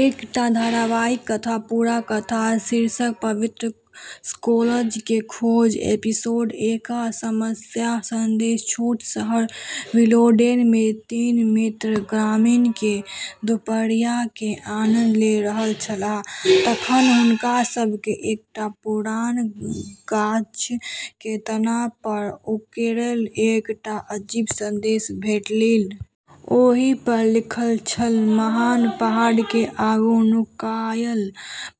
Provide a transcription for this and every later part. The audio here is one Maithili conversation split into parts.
एकटा धारावाहिक कथा। पूरा कथाक शीर्षक: पवित्र स्क्रॉल के खोज। एपिसोड एक: रहस्यमय संदेश। छोट शहर विलोडेल मे तीन मित्र गर्मी के दुपहरिया के आनंद ले रहल छलाह। तखन हुनका सभ के एकटा पुरान गाछ के तना पर उकेरल एकटा अजीब संदेश भेटलन्हि। ओहि पर लिखल छल, "महान पहाड़ के आगू नुकायल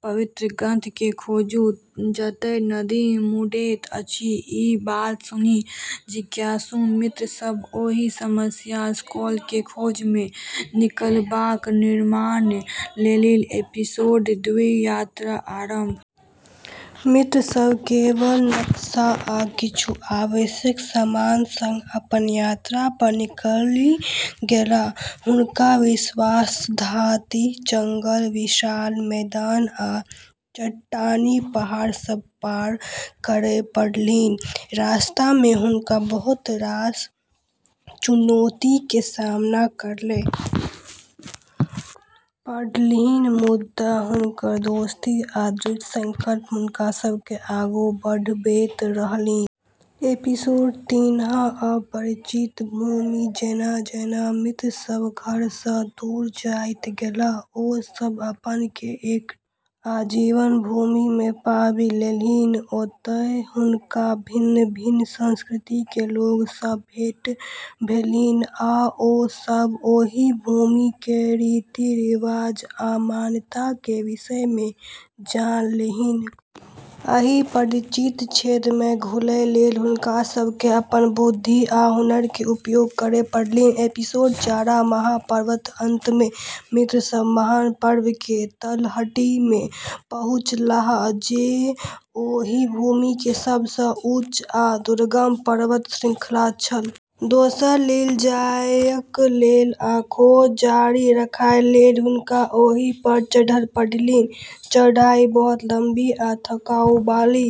पवित्र ग्रंथ के खोजू, जतय नदी मुड़ैत अछि।" ई बात सुनि जिज्ञासु मित्र सभ ओहि रहस्यमय स्क्रॉल के खोज मे निकलयबाक निर्णय लेलन्हि। एपिसोड दू: यात्रा आरम्भ। मित्र सभ केवल नक्शा आ किछु आवश्यक सामान संग अपन यात्रा पर निकलि गेलाह। हुनका विश्वासघाती जंगल, विशाल मैदान आ चट्टानी पहाड़ सभ पार करय पड़लन्हि। रास्ता मे हुनका बहुत रास चुनौती के सामना करय पड़लन्हि, मुदा हुनकर दोस्ती आ दृढ़ संकल्प हुनका सभ के आगू बढ़बैत रहलन्हि। एपिसोड तीन: अपरिचित भूमि। जेना-जेना मित्र सभ घर सँ दूर जाइत गेलाह, ओ सभ अपन के एकटा नव आ अजीब भूमि मे पाबि लेलन्हि। ओतय हुनका भिन्न-भिन्न संस्कृति के लोक सँ भेंट भेलन्हि आ ओ सभ ओहि भूमि के रीति-रिवाज आ मान्यता के विषय मे जानलन्हि। एहि अपरिचित क्षेत्र मे घुमय लेल हुनका सभ के अपन बुद्धि आ हुनर के उपयोग करय पड़लन्हि। एपिसोड चार: महान पर्वत। अंत मे मित्र सभ महान पर्वत के तलहटी मे पहुँचलाह, जे ओहि भूमि के सभ सँ ऊँच आ दुर्गम पर्वत श्रृंखला छल। दोसर दिस जायक लेल आ खोज जारी राखय लेल हुनका ओहि पर चढ़य पड़लन्हि। चढ़ाई बहुत लम्बी आ थकाउबाली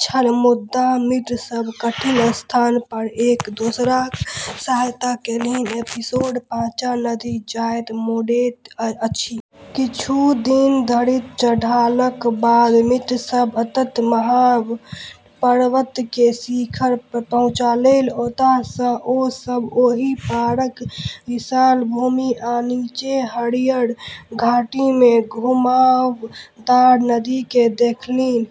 छल, मुदा मित्र सभ कठिन स्थान पर एक दोसराक सहायता केलन्हि। एपिसोड पाँच: नदी जतय मुड़ैत अछि। किछु दिन धरि चढ़लाक बाद मित्र सभ अंततः महान पर्वत के शिखर पर पहुँचलाह। ओतय सँ ओ सभ ओहि पारक विशाल भूमि आ नीचे हरियर घाटी मे घुमावदार नदी के देखलन्हि।